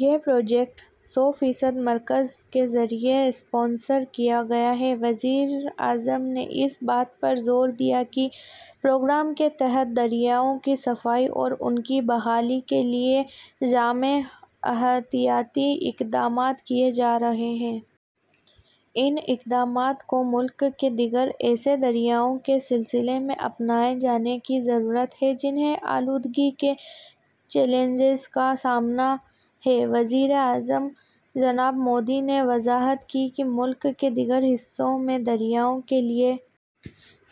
یہ پروجیکٹ سو فیصد مرکز کے ذریعے اسپانسر کردہ ہے۔ وزیر اعظم نے اس بات پر زور دیا کہ پروگرام کے تحت دریاؤں کی صفائی اور ان کی بحالی کے لیے جامع احتیاطی اقدامات کیے جا رہے ہیں۔ ان اقدامات کو ملک کے دیگر ایسے دریاؤں کے سلسلے میں اپنائے جانے کی ضرورت ہے جنہیں آلودگی کے چیلنجز کا سامنا ہے۔ وزیر اعظم جناب مودی نے وضاحت کی کہ ملک کے دیگر حصوں میں دریاؤں کے لیے۔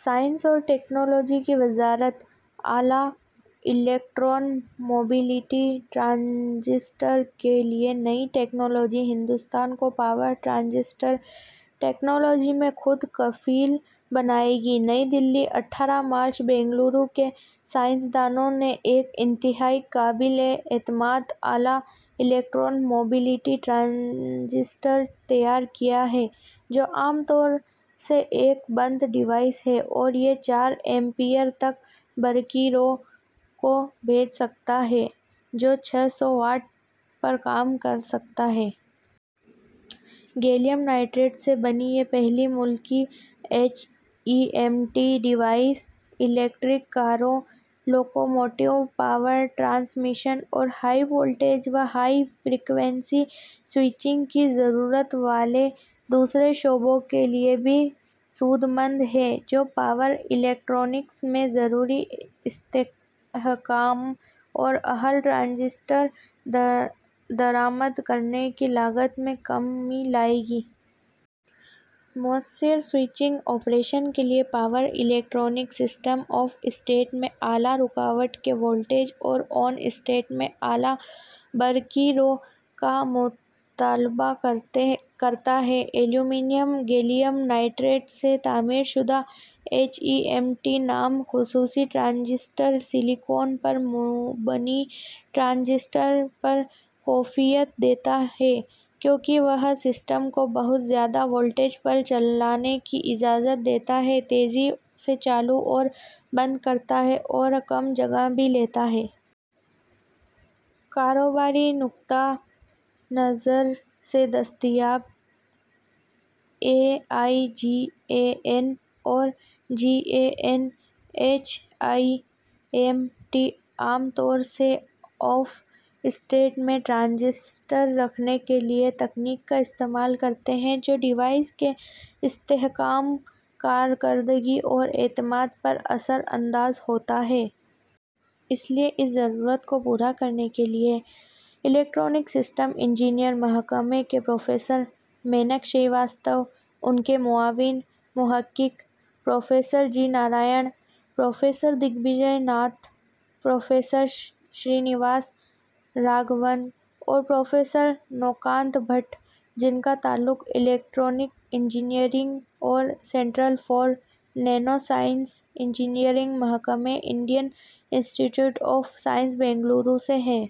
سائنس اور ٹیکنالوجی کی وزارت۔ اعلیٰ الیکٹران موبلٹی ٹرانسسٹر کے لیے نئی ٹیکنالوجی ہندوستان کو پاور ٹرانسسٹر ٹیکنالوجی میں خود کفیل بنائے گی۔ نئی دہلی، اٹھارہ مارچ۔ بنگلور کے سائنس دانوں نے ایک انتہائی قابل اعتماد، اعلیٰ الیکٹرون موبلٹی ٹرانسسٹر تیار کیا ہے، جو عام طور سے ایک بند ڈیوائس ہے اور یہ چار ایمپیئر تک برقی رو کو بھیج سکتا ہے اور چھ سو وولٹ پر کام کر سکتا ہے۔ گیلیم نائٹرائڈ سے بنی یہ پہلی ملکی H E M T device electric کاروں، لوکوموٹیو، پاور ٹرانسمیشن اور ہائی وولٹیج و ہائی فریکوئنسی سوئچنگ کی ضرورت والے دوسرے شعبوں کے لیے بھی سود مند ہے، جو پاور الیکٹرانکس میں ضروری استحکام اور اہل ٹرانسسٹر درآمد کرنے کی لاگت میں کمی لائے گی۔ مؤثر سوئچنگ آپریشن کے لیے power electronic system off state میں اعلیٰ روکاوٹ کے وولٹیج اور آن اسٹیٹ میں اعلیٰ برقی رو کا مطالبہ کرتا ہے۔ ایلومینیم، گیلیم نائٹرائڈ سے تعمیر شدہ ایچ ای ایم ٹی نامی خصوصی ٹرانسسٹر سلیکان پر مبنی ٹرانسسٹر پر فوقیت دیتا ہے، کیونکہ وہ سسٹم کو بہت زیادہ وولٹیج پر چلانے کی اجازت دیتا ہے، تیزی سے چالو اور بند کرتا ہے اور کم جگہ بھی لیتا ہے۔ کاروباری نقطہ نظر سے دستیاب A I G A N اور G A N H E M T عام طور سے آف اسٹیٹ میں ٹرانسسٹر رکھنے کے لیے تکنیک کا استعمال کرتے ہیں، جو ڈیوائس کے استحکام، کارکردگی اور اعتماد پر اثر انداز ہوتا ہے۔ اس لیے اس ضرورت کو پورا کرنے کے لیے الیکٹرانک سسٹم انجینئرنگ محکمے کے پروفیسر مینک شریواستو، ان کے معاون محقق professor G Narayan, professor Digvijay Nath, professor Srinivasan Raghavan اور پروفیسر نوکانت بھٹ، جن کا تعلق الیکٹرانک انجینئرنگ اور centre for nano science engineering محکمے، Indian institute of science Bangalore سے ہے۔